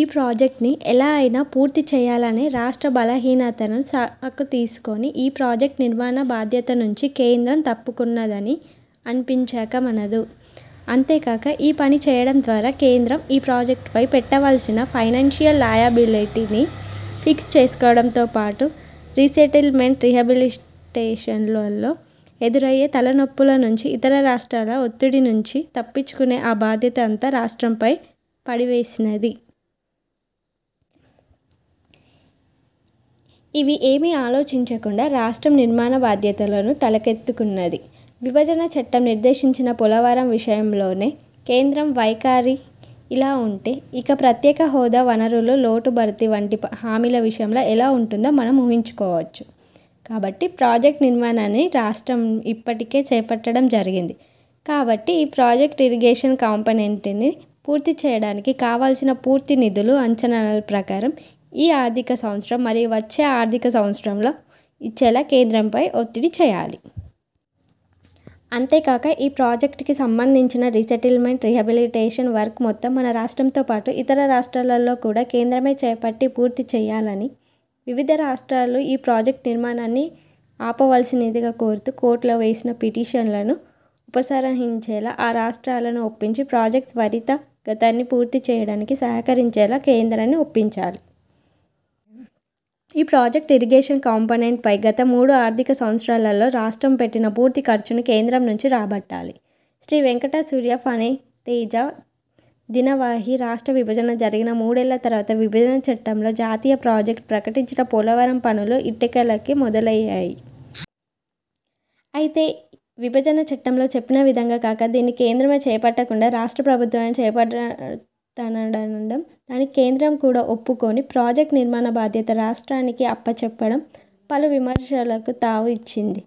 ఈ ప్రాజెక్ట్ ను ఎలా అయినా పూర్తి చేయాలనే రాష్ట్ర బలహీనతను సాకు తీసుకొని ఈ ప్రాజెక్ట్ నిర్మాణ భాధ్యతనుంచి కేంద్రం తప్పుకొన్నదని అనిపించక మానదు. అంతే కాక ఈ పని చేయడం ద్వారా కేంద్రం ఈ ప్రాజెక్ట్ పై పెట్టవలసిన ఫైనాన్సియల్ లయబిలిటీ ని ఫిక్స్ చేసుకోవడం తో పాటు, రీసెటిల్ మెంట్ రీహాబిలిటేషన్ లలో ఎదురయ్యే తలనొప్పుల నుంచి, ఇతర రాష్ట్రాల వత్తిడి నుంచి తప్పిచుకునే ఆ బాధ్యత అంత రాష్ట్రంపై పడివేసినది. ఇవి ఏమీ ఆలోచించకుండా రాష్ట్రం -। నిర్మాణ బాధ్యతలను తలకెత్తుకున్నది. విభజన చట్టం నిర్దేశించిన పోలవరం విషయంలోనే కేంద్రం వైఖరి ఇలా ఉంటె ఇక ప్రత్యేక హోదా, వనురుల లోటు భర్తీ వంటి హామీల విషయం లో ఎలా ఉంటుందో మనం ఊహించు కోవచ్చు. కాబట్టి ప్రాజెక్ట్ నిర్మాణాన్ని రాష్ట్రం ఇప్పటికే చేపట్టడం జరిగింది కాబట్టి ఈ ప్రాజెక్ట్ ఇరిగేషన్ కంపనెంట్ నీ పూర్తి చేయడానికి కావలసిన పూర్తి నిధులు – అంచనాల ప్రకారం ఈ ఆర్ధిక సంవత్సరం, మరియు వచ్చే ఆర్ధిక సంవత్సరంలో ఇచ్చేలా కేంద్రం పై వత్తిడి చేయాలి. అంతే కాక ఈ ప్రాజెక్ట్ కి సంబంధించి రీసెటిల్ మెంట్ రీహాబిలిటేషన్ వర్క్ మొత్తం మన రాష్ట్రం తో పాటు, ఇతర రాష్ట్రాలలో కూడా కేంద్రమే చేపట్టి పూర్తి చేయాలని, వివిధ రాష్ట్రాలు ఈ ప్రాజెక్ట్ నిర్మాణాన్ని ఆపవలసినదిగా కోరుతూ కోర్టు లో వేసిన పిటీషన్ ల ను ఉపసంహరించేలా ఆ రాష్ట్రాలను ఒప్పించి ప్రాజెక్ట్ త్వరిత గతాని పూర్తి చేయడానికి సహకరించేలా కేంద్రాన్ని ఒప్పించాలి. ఈ ప్రాజెక్ట్ ఇరిగేషన్ కంపనెంట్ పై గత మూడు ఆర్ధిక సంవత్సరాలలో రాష్ట్రం పెట్టిన పూర్తి ఖర్చును కేంద్రం నుంచి రాబట్టాలి. శ్రీ వెంకట సూర్య ఫణి తేజ దినవహి రాష్ట్ర విభజన జరిగిన మూడేళ్ళ తరవాత విభజన చట్టంలో జాతీయ ప్రాజెక్ట్ ప్రకటించిన పోలవరం పనులు ఎట్టకేలకు మొదలు అయ్యాయి. అయితే విభజన చట్టంలో చెప్పిన విధంగా కాక, దీన్ని కేంద్రమే చేపట్టకుండా రాష్ట్ర ప్రభుత్వమే చేపటతాననడం, దానికి కేంద్రం కూడా ఒప్పుకొని- ప్రాజెక్ట్ నిర్మాణ బాధ్యత రాష్ట్రానికి అప్పచెప్పడం పలు విమర్శలకు తావు ఇచ్చింది.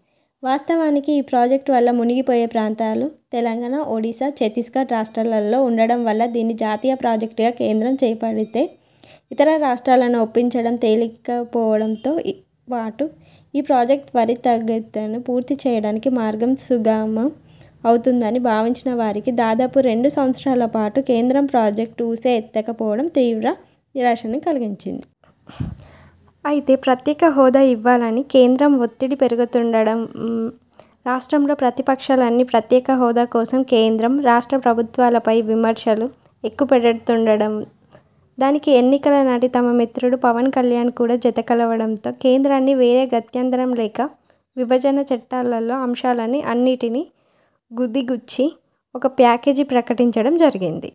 వాస్తవానికి, ఈ ప్రాజెక్ట్ వల్ల మునిగి పోయే ప్రాంతాలు తెలంగాణ, ఒడిశా, ఛత్తీగఢ్ రాష్ట్రాలలో ఉండడం వల్ల దీన్ని జాతీయ ప్రాజెక్ట్ గా కేంద్రం చేపడితే ఇతర రాష్ట్రాలను ఒప్పించడం తేలికపోవడంతో పాటు -ఈ ప్రాజెక్ట్ త్వరితగతను పూర్తి చేయడానికి మార్గం సుగమం అవుతుందని భావించిన వారికి దాదాపు రెండు సంవత్సరాల పాటు కేంద్రం ప్రాజెక్ట్ ఊసే ఎత్తక పోవడం తీవ్ర నిరాశను కలిగించింది. అయితే ప్రత్యేక హోదా ఇవ్వాలని కేంద్రం వత్తిడి పెరుగుతుండడం, రాష్ట్రంలోప్రతిపక్షాలన్నీ ప్రత్యేక హోదా కోసం కేంద్రం, రాష్ట్ర ప్రభుత్వాలపై విమర్శలు ఎక్కుపెడుతుండడం, దానికి ఎన్నికల నాటి తమ మిత్రుడు పవన్ కళ్యాణ్ కూడా జత కలవడంతో, కేంద్రాన్ని వేరే గత్యంతరం లేక విభజన చట్టాలలో అంశాలను అన్నింటిని గుదిగుచ్చి ఒక ప్యాకేజీ ప్రకటించడం జరిగింది.